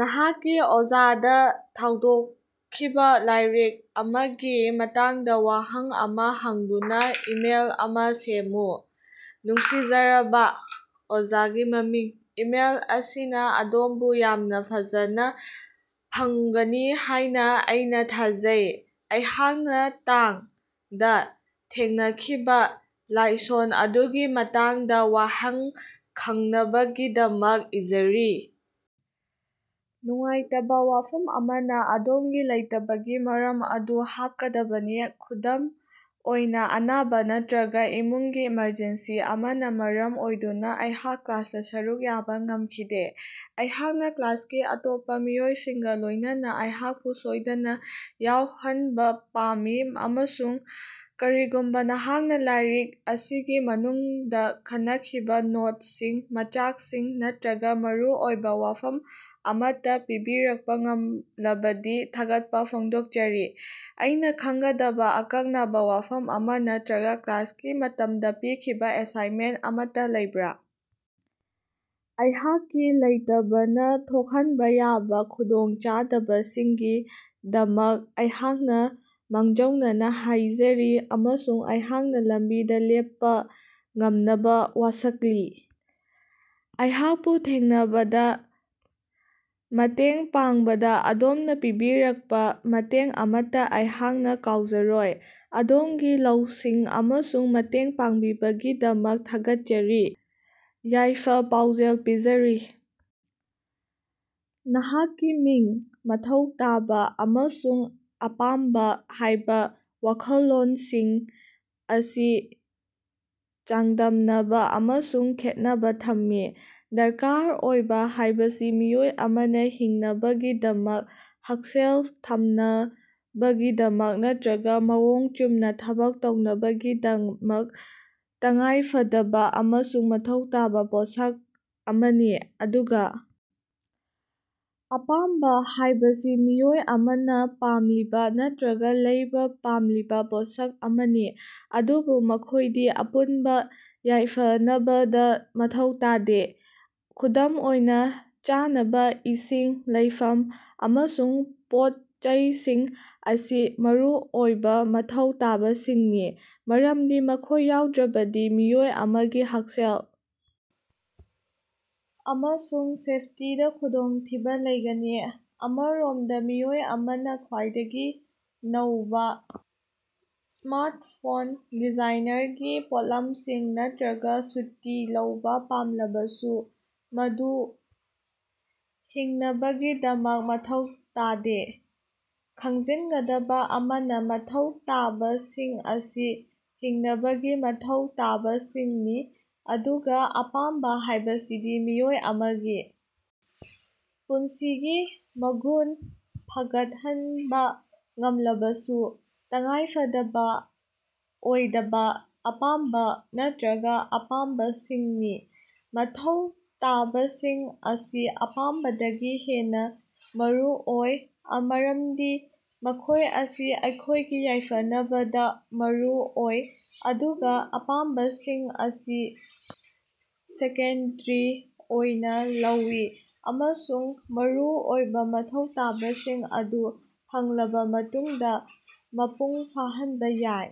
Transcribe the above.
ꯅꯍꯥꯛꯀꯤ ꯑꯣꯖꯥꯗ ꯊꯥꯗꯣꯛꯈꯤꯕ ꯂꯥꯏꯔꯤꯛ ꯑꯃꯒꯤ ꯃꯇꯥꯡꯗ ꯋꯥꯍꯪ ꯑꯃꯥ ꯍꯪꯗꯨꯅ ꯏꯃꯦꯜ ꯑꯃꯥ ꯁꯦꯝꯃꯨ꯫ ꯅꯨꯡꯁꯤꯖꯔꯕ [ꯑꯣꯖꯥꯒꯤ ꯃꯃꯤꯡ], ꯏꯃꯦꯜ ꯑꯁꯤꯅ ꯑꯗꯣꯝꯕꯨ ꯌꯥꯝꯅ ꯐꯖꯟꯅ ꯐꯪꯒꯅꯤ ꯍꯥꯏꯅ ꯑꯩꯅ ꯊꯥꯖꯩ꯫ ꯑꯩꯍꯥꯛꯅ ꯇꯥꯡ]ꯗ ꯊꯦꯡꯅꯈꯤꯕ ꯂꯥꯏꯁꯣꯟ ꯑꯗꯨꯒꯤ ꯃꯇꯥꯡꯗ ꯋꯥꯍꯪ ꯍꯪꯅꯕꯒꯤꯗꯃꯛ ꯏꯖꯔꯤ꯫ ꯅꯨꯡꯉꯥꯏꯇꯕ ꯋꯥꯐꯝ ꯑꯃꯅ, ꯑꯗꯣꯝꯒꯤ ꯂꯩꯇꯕꯒꯤ ꯃꯔꯝ ꯑꯗꯨ ꯍꯥꯞꯀꯗꯕꯅꯤ, ꯈꯨꯗꯝ ꯑꯣꯏꯅ ꯑꯅꯥꯕ ꯅꯠꯇ꯭ꯔꯒ ꯏꯃꯨꯡꯒꯤ ꯏꯃꯔꯖꯦꯟꯁꯤ ꯑꯃꯅ ꯃꯔꯝ ꯑꯣꯏꯗꯨꯅ ꯑꯩꯍꯥꯛ ꯀ꯭ꯂꯥꯁꯇ ꯁꯔꯨꯛ ꯌꯥꯕ ꯉꯝꯈꯤꯗꯦ꯫ ꯑꯩꯍꯥꯛꯅ ꯀ꯭ꯂꯥꯁꯀꯤ ꯑꯇꯣꯞꯄ ꯃꯤꯑꯣꯏꯁꯤꯡꯒ ꯂꯣꯏꯅꯅ ꯑꯩꯍꯥꯛꯄꯨ ꯁꯣꯏꯗꯅ ꯌꯥꯎꯍꯟꯕ ꯄꯥꯝꯃꯤ ꯑꯃꯁꯨꯡ ꯀꯔꯤꯒꯨꯝꯕ ꯅꯍꯥꯛꯅ ꯂꯥꯏꯔꯤꯛ ꯑꯁꯤꯒꯤ ꯃꯅꯨꯡꯗ ꯈꯟꯅꯈꯤꯕ ꯅꯣꯠꯁꯤꯡ, ꯃꯆꯥꯛꯁꯤꯡ ꯅꯠꯇ꯭ꯔꯒ ꯃꯔꯨꯑꯣꯏꯕ ꯋꯥꯐꯝ ꯑꯃꯠꯇ ꯄꯤꯕꯤꯔꯛꯄ ꯉꯝꯂꯕꯗꯤ ꯊꯥꯒꯠꯄ ꯐꯣꯡꯗꯣꯛꯆꯔꯤ꯫ ꯑꯩꯅ ꯈꯪꯒꯗꯕ ꯑꯀꯛꯅꯕ ꯋꯥꯐꯝ ꯑꯃ ꯅꯠꯇ꯭ꯔꯒ ꯀ꯭ꯂꯥꯁꯀꯤ ꯃꯇꯝꯗ ꯄꯤꯈꯤꯕ ꯑꯦꯁꯥꯏꯟꯃꯦꯟꯇ ꯑꯃꯠꯇ ꯂꯩꯕ꯭ꯔꯥ? ꯑꯩꯍꯥꯛꯀꯤ ꯂꯩꯇꯕꯅ ꯊꯣꯛꯍꯟꯕ ꯌꯥꯕ ꯈꯨꯗꯣꯡꯆꯥꯗꯕꯁꯤꯡꯒꯤ ꯗꯃꯛ ꯑꯩꯍꯥꯛꯅ ꯃꯥꯡꯖꯧꯅꯅ ꯍꯥꯏꯖꯔꯤ ꯑꯃꯁꯨꯡ ꯑꯩꯍꯥꯛꯅ ꯂꯝꯕꯤꯗ ꯂꯦꯞꯄ ꯉꯝꯅꯕ ꯋꯥꯁꯛꯂꯤ꯫ ꯑꯩꯍꯥꯛꯄꯨ ꯊꯦꯡꯅꯕꯗ ꯃꯇꯦꯡ ꯄꯥꯡꯕꯗ ꯑꯗꯣꯝꯅ ꯄꯤꯕꯤꯔꯛꯄ ꯃꯇꯦꯡ ꯑꯃꯠꯇ ꯑꯩꯍꯥꯛꯅ ꯀꯥꯎꯖꯔꯣꯏ꯫ ꯑꯗꯣꯝꯒꯤ ꯂꯧꯁꯤꯡ ꯑꯃꯁꯨꯡ ꯃꯇꯦꯡ ꯄꯥꯡꯕꯤꯕꯒꯤꯗꯃꯛ ꯊꯥꯒꯠꯆꯔꯤ꯫ ꯌꯥꯏꯐ-ꯄꯥꯎꯖꯦꯜ ꯄꯤꯖꯔꯤ, ꯅꯍꯥꯛꯀꯤ ꯃꯤꯡ "ꯃꯊꯧ ꯇꯥꯕ" ꯑꯃꯁꯨꯡ "ꯑꯄꯥꯝꯕ" ꯍꯥꯏꯕ ꯋꯥꯈꯜꯂꯣꯟꯁꯤꯡ ꯑꯁꯤ ꯆꯥꯡꯗꯝꯅꯕ ꯑꯃꯁꯨꯡ ꯈꯦꯠꯅꯕ ꯊꯝꯃꯤ꯫ ꯗꯔꯀꯥꯔ ꯑꯣꯏꯕ ꯍꯥꯏꯕꯁꯤ ꯃꯤꯑꯣꯏ ꯑꯃꯅ ꯍꯤꯡꯅꯕꯒꯤꯗꯃꯛ, ꯍꯛꯁꯦꯜ ꯊꯝꯅꯕꯒꯤꯗꯃꯛ ꯅꯠꯇ꯭ꯔꯒ ꯃꯑꯣꯡ ꯆꯨꯝꯅ ꯊꯕꯛ ꯇꯧꯅꯕꯒꯤꯗꯃꯛ ꯇꯉꯥꯏꯐꯗꯕ ꯑꯃꯁꯨꯡ ꯃꯊꯧ ꯇꯥꯕ ꯄꯣꯠꯁꯛ ꯑꯃꯅꯤ꯫ ꯑꯗꯨꯒ ꯑꯄꯥꯝꯕ ꯍꯥꯏꯕꯁꯤ ꯃꯤꯑꯣꯏ ꯑꯃꯅ ꯄꯥꯝꯂꯤꯕ ꯅꯠꯇ꯭ꯔꯒ ꯂꯩꯕ ꯄꯥꯝꯂꯤꯕ ꯄꯣꯠꯁꯛ ꯑꯃꯅꯤ꯫ ꯑꯗꯨꯕꯨ ꯃꯈꯣꯏꯗꯤ ꯑꯄꯨꯟꯕ ꯌꯥꯏꯐꯅꯕꯗ ꯃꯊꯧ ꯇꯥꯗꯦ꯫ ꯈꯨꯗꯝ ꯑꯣꯏꯅ, ꯆꯥꯅꯕ, ꯏꯁꯤꯡ, ꯂꯩꯐꯝ ꯑꯃꯁꯨꯡ ꯄꯣꯠ-ꯆꯩꯁꯤꯡ ꯑꯁꯤ ꯃꯔꯨꯑꯣꯏꯕ ꯃꯊꯧ ꯇꯥꯕꯁꯤꯡꯅꯤ꯫ ꯃꯔꯝꯗꯤ ꯃꯈꯣꯏ ꯌꯥꯎꯗ꯭ꯔꯕꯗꯤ ꯃꯤꯑꯣꯏ ꯑꯃꯒꯤ ꯍꯛꯁꯦꯜ ꯑꯃꯁꯨꯡ ꯁꯦꯐꯇꯤꯗ ꯈꯨꯗꯣꯡꯊꯤꯕ ꯂꯩꯒꯅꯤ꯫ ꯑꯃꯔꯣꯝꯗ ꯃꯤꯑꯣꯏ ꯑꯃꯅ ꯈ꯭ꯋꯥꯏꯗꯒꯤ ꯅꯧꯕ ꯁ꯭ꯃꯥꯔꯇꯐꯣꯟ, ꯗꯤꯖꯥꯏꯅꯔꯒꯤ ꯄꯣꯠꯂꯝꯁꯤꯡ ꯅꯠꯇ꯭ꯔꯒ ꯁꯨꯇꯤ ꯂꯧꯕ ꯄꯥꯝꯂꯕꯁꯨ ꯃꯗꯨ ꯍꯤꯡꯅꯕꯒꯤꯗꯃꯛ ꯃꯊꯧ ꯇꯥꯗꯦ꯫ ꯈꯪꯖꯤꯟꯒꯗꯕ ꯑꯃꯅ, ꯃꯊꯧ ꯇꯥꯕꯁꯤꯡ ꯑꯁꯤ ꯍꯤꯡꯅꯕꯒꯤ ꯃꯊꯧ ꯇꯥꯕꯁꯤꯡꯅꯤ ꯑꯗꯨꯒ ꯑꯄꯥꯝꯕ ꯍꯥꯏꯕꯁꯤꯗꯤ ꯃꯤꯑꯣꯏ ꯑꯃꯒꯤ ꯄꯨꯟꯁꯤꯒꯤ ꯃꯒꯨꯟ ꯐꯒꯠꯍꯟꯕ ꯉꯝꯂꯕꯁꯨ ꯇꯉꯥꯏꯐꯗꯕ ꯑꯣꯏꯗꯕ ꯑꯄꯥꯝꯕ ꯅꯠꯇ꯭ꯔꯒ ꯑꯄꯥꯝꯕꯁꯤꯡꯅꯤ꯫ ꯃꯊꯧ ꯇꯥꯕꯁꯤꯡ ꯑꯁꯤ ꯑꯄꯥꯝꯕꯗꯒꯤ ꯍꯦꯟꯅ ꯃꯔꯨ ꯑꯣꯏ ꯃꯔꯝꯗꯤ ꯃꯈꯣꯏ ꯑꯁꯤ ꯑꯩꯈꯣꯏꯒꯤ ꯌꯥꯏꯐꯅꯕꯗ ꯃꯔꯨ ꯑꯣꯏ ꯑꯗꯨꯒ ꯑꯄꯥꯝꯕꯁꯤꯡ ꯑꯁꯤ ꯁꯦꯀꯦꯟꯗꯔꯤ ꯑꯣꯏꯅ ꯂꯧꯏ ꯑꯃꯁꯨꯡ ꯃꯔꯨ ꯑꯣꯏꯕ ꯃꯊꯧ ꯇꯥꯕꯁꯤꯡ ꯑꯗꯨ ꯐꯪꯂꯕ ꯃꯇꯨꯡꯗ ꯃꯄꯨꯡ ꯐꯥꯍꯟꯕ ꯌꯥꯏ꯫